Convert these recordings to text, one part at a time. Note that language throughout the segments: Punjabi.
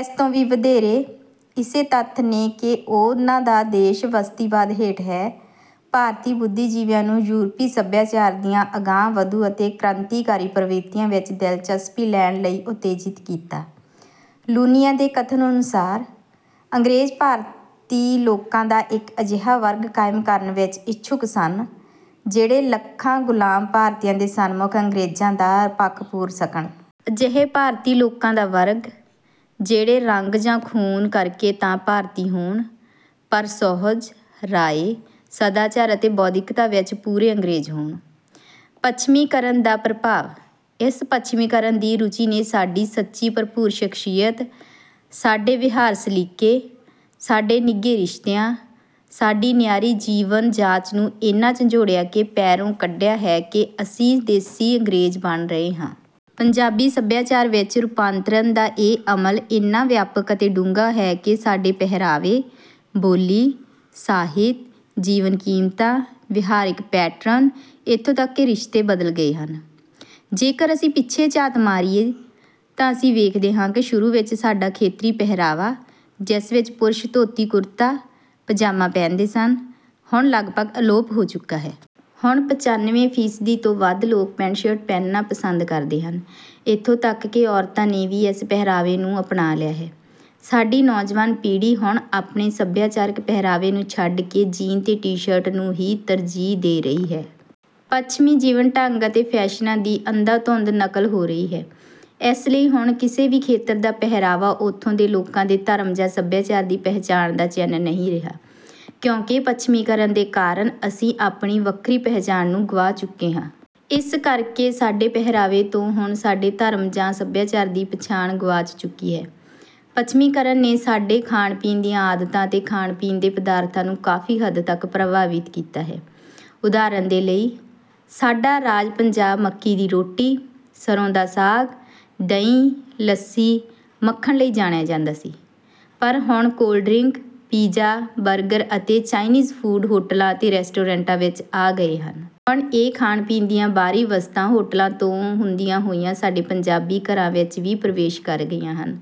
ਇਸ ਤੋਂ ਵੀ ਵਧੇਰੇ, ਇਸੇ ਤੱਥ ਨੇ ਕਿ ਉਨ੍ਹਾਂ ਦਾ ਦੇਸ਼ ਬਸਤੀਵਾਦ ਹੇਠ ਹੈ, ਭਾਰਤੀ ਬੁੱਧੀਜੀਵੀਆਂ ਨੂੰ ਯੂਰਪੀ ਸਭਿਆਚਾਰ ਦੀਆਂ ਅਗਾਂਹ-ਵਧੂ ਅਤੇ ਕ੍ਰਾਂਤੀਕਾਰੀ ਪ੍ਰਵਿਰਤੀਆਂ ਵਿੱਚ ਦਿਲਚਸਪੀ ਲੈਣ ਲਈ ਉਤੇਜਿਤ ਕੀਤਾ। ਲੂਨੀਆਂ ਦੇ ਕਥਨ ਅਨੁਸਾਰ, "ਅੰਗਰੇਜ਼ ਭਾਰਤੀ ਲੋਕਾਂ ਦਾ ਇੱਕ ਅਜਿਹਾ ਵਰਗ ਕਾਇਮ ਕਰਨ ਵਿੱਚ ਇੱਛੁਕ ਸਨ, ਜਿਹੜੇ ਲੱਖਾਂ ਗ਼ੁਲਾਮ ਭਾਰਤੀਆਂ ਦੇ ਸਨਮੁਖ ਅੰਗਰੇਜ਼ਾਂ ਦਾ ਪੱਖ ਪੂਰ ਸਕਣ। ਅਜਿਹੇ ਭਾਰਤੀ ਲੋਕਾਂ ਦਾ ਵਰਗ, ਜਿਹੜੇ ਰੰਗ ਜਾਂ ਖੂਨ ਕਰਕੇ ਤਾਂ ਭਾਰਤੀ ਹੋਣ, ਪਰ ਸੁਹਜ, ਰਾਏ, ਸਦਾਚਾਰ ਅਤੇ ਬੌਧਿਕਤਾ ਵਿੱਚ ਪੂਰੇ ਅੰਗਰੇਜ਼ ਹੋਣ।" ਪੱਛਮੀਕਰਨ ਦਾ ਪ੍ਰਭਾਵ: ਇਸ ਪੱਛਮੀਕਰਨ ਦੀ ਰੁਚੀ ਨੇ ਸਾਡੀ ਸੱਚੀ-ਭਰਪੂਰ ਸ਼ਖ਼ਸੀਅਤ, ਸਾਡੇ ਵਿਹਾਰ-ਸਲੀਕੇ, ਸਾਡੇ ਨਿੱਘੇ ਰਿਸ਼ਤਿਆਂ, ਸਾਡੀ ਨਿਆਰੀ ਜੀਵਨ-ਜਾਚ ਨੂੰ ਇੰਨਾ ਝੰਜੋੜਿਆ ਅਤੇ ਪੈਰੋਂ ਕੱਢਿਆ ਹੈ ਕਿ ਅਸੀਂ 'ਦੇਸੀ ਅੰਗਰੇਜ਼' ਬਣ ਰਹੇ ਹਾਂ। ਪੰਜਾਬੀ ਸਭਿਆਚਾਰ ਵਿੱਚ ਰੂਪਾਂਤਰਨ ਦਾ ਇਹ ਅਮਲ ਇੰਨਾ ਵਿਆਪਕ ਅਤੇ ਡੂੰਘਾ ਹੈ ਕਿ ਸਾਡੇ ਪਹਿਰਾਵੇ, ਬੋਲੀ, ਸਾਹਿਤ, ਜੀਵਨ-ਕੀਮਤਾਂ, ਵਿਹਾਰਕ ਪੈਟਰਨ, ਇੱਥੋਂ ਤੱਕ ਕਿ ਰਿਸ਼ਤੇ ਬਦਲ ਗਏ ਹਨ। ਜੇਕਰ ਅਸੀਂ ਪਿੱਛੇ ਝਾਤ ਮਾਰੀਏ, ਤਾਂ ਅਸੀਂ ਵੇਖਦੇ ਹਾਂ ਕਿ ਸ਼ੁਰੂ ਵਿੱਚ ਸਾਡਾ ਖੇਤਰੀ ਪਹਿਰਾਵਾ, ਜਿਸ ਵਿੱਚ ਪੁਰਸ਼ ਧੋਤੀ-ਕੁਰਤਾ, ਪਜਾਮਾ ਪਹਿਨਦੇ ਸਨ, ਹੁਣ ਲਗਭਗ ਅਲੋਪ ਹੋ ਚੁੱਕਾ ਹੈ। ਹੁਣ ਪੰਚਾਨਵੇਂ ਫੀਸਦੀ ਤੋਂ ਵੱਧ ਲੋਕ ਪੈਂਟ-ਸ਼ਰਟ ਪਹਿਨਣਾ ਪਸੰਦ ਕਰਦੇ ਹਨ। ਇੱਥੋਂ ਤੱਕ ਕਿ ਔਰਤਾਂ ਨੇ ਵੀ ਇਸ ਪਹਿਰਾਵੇ ਨੂੰ ਅਪਣਾ ਲਿਆ ਹੈ। ਸਾਡੀ ਨੌਜਵਾਨ ਪੀੜ੍ਹੀ ਹੁਣ ਆਪਣੇ ਸਭਿਆਚਾਰਕ ਪਹਿਰਾਵੇ ਨੂੰ ਛੱਡ ਕੇ ਜੀਨ ਤੇ ਟੀ-ਸ਼ਰਟ ਨੂੰ ਹੀ ਤਰਜੀਹ ਦੇ ਰਹੀ ਹੈ। ਪੱਛਮੀ ਜੀਵਨ-ਢੰਗ ਅਤੇ ਫ਼ੈਸ਼ਨਾਂ ਦੀ ਅੰਧਾ-ਧੁੰਦ ਨਕਲ ਹੋ ਰਹੀ ਹੈ। ਇਸ ਲਈ ਹੁਣ ਕਿਸੇ ਵੀ ਖੇਤਰ ਦਾ ਪਹਿਰਾਵਾ ਉੱਥੋਂ ਦੇ ਲੋਕਾਂ ਦੇ ਧਰਮ ਜਾਂ ਸਭਿਆਚਾਰ ਦੀ ਪਹਿਚਾਣ ਦਾ ਚਿੰਨ੍ਹ ਨਹੀਂ ਰਿਹਾ, ਕਿਉਂਕਿ ਪੱਛਮੀਕਰਨ ਦੇ ਕਾਰਨ ਅਸੀਂ ਆਪਣੀ ਵੱਖਰੀ ਪਹਿਚਾਣ ਨੂੰ ਗੁਆ ਚੁੱਕੇ ਹਾਂ। ਇਸ ਕਰਕੇ ਸਾਡੇ ਪਹਿਰਾਵੇ ਤੋਂ ਹੁਣ ਸਾਡੇ ਧਰਮ ਜਾਂ ਸੱਭਿਆਚਾਰ ਦੀ ਪਛਾਣ ਗੁਆਚ ਚੁੱਕੀ ਹੈ। ਪੱਛਮੀਕਰਨ ਨੇ ਸਾਡੇ ਖਾਣ-ਪੀਣ ਦੀਆਂ ਆਦਤਾਂ ਅਤੇ ਖਾਣ-ਪੀਣ ਦੇ ਪਦਾਰਥਾਂ ਨੂੰ ਕਾਫ਼ੀ ਹੱਦ ਤੱਕ ਪ੍ਰਭਾਵਿਤ ਕੀਤਾ ਹੈ। ਉਦਾਹਰਣ ਦੇ ਲਈ, ਸਾਡਾ ਰਾਜ ਪੰਜਾਬ ਮੱਕੀ ਦੀ ਰੋਟੀ, ਸਰੋਂ ਦਾ ਸਾਗ, ਦਹੀ, ਲੱਸੀ, ਮੱਖਣ ਲਈ ਜਾਣਿਆ ਜਾਂਦਾ ਸੀ, ਪਰ ਹੁਣ ਕੋਲਡ-ਡਰਿੰਕ, ਪੀਜ਼ਾ, ਬਰਗਰ ਅਤੇ ਚਾਈਨੀਜ਼ ਫੂਡ ਹੋਟਲਾਂ ਅਤੇ ਰੈਸਟੋਰੈਂਟਾਂ ਵਿੱਚ ਆ ਗਏ ਹਨ। ਹੁਣ ਇਹ ਖਾਣ-ਪੀਣ ਦੀਆਂ ਬਾਹਰੀ ਵਸਤਾਂ ਹੋਟਲਾਂ ਤੋਂ ਹੁੰਦੀਆਂ ਹੋਈਆਂ ਸਾਡੇ ਪੰਜਾਬੀ ਘਰਾਂ ਵਿੱਚ ਵੀ ਪ੍ਰਵੇਸ਼ ਕਰ ਗਈਆਂ ਹਨ।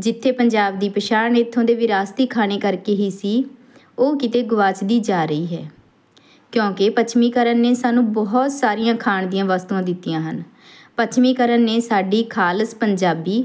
ਜਿੱਥੇ ਪੰਜਾਬ ਦੀ ਪਛਾਣ ਇੱਥੋਂ ਦੇ ਵਿਰਾਸਤੀ ਖਾਣੇ ਕਰਕੇ ਹੀ ਸੀ, ਉਹ ਕਿਤੇ ਗੁਆਚਦੀ ਜਾ ਰਹੀ ਹੈ, ਕਿਉਂਕਿ ਪੱਛਮੀਕਰਨ ਨੇ ਸਾਨੂੰ ਬਹੁਤ ਸਾਰੀਆਂ ਖਾਣ-ਪੀਣ ਦੀਆਂ ਵਸਤੂਆਂ ਦਿੱਤੀਆਂ ਹਨ। ਪੱਛਮੀਕਰਨ ਨੇ ਸਾਡੀ ਖਾਲਸ ਪੰਜਾਬੀ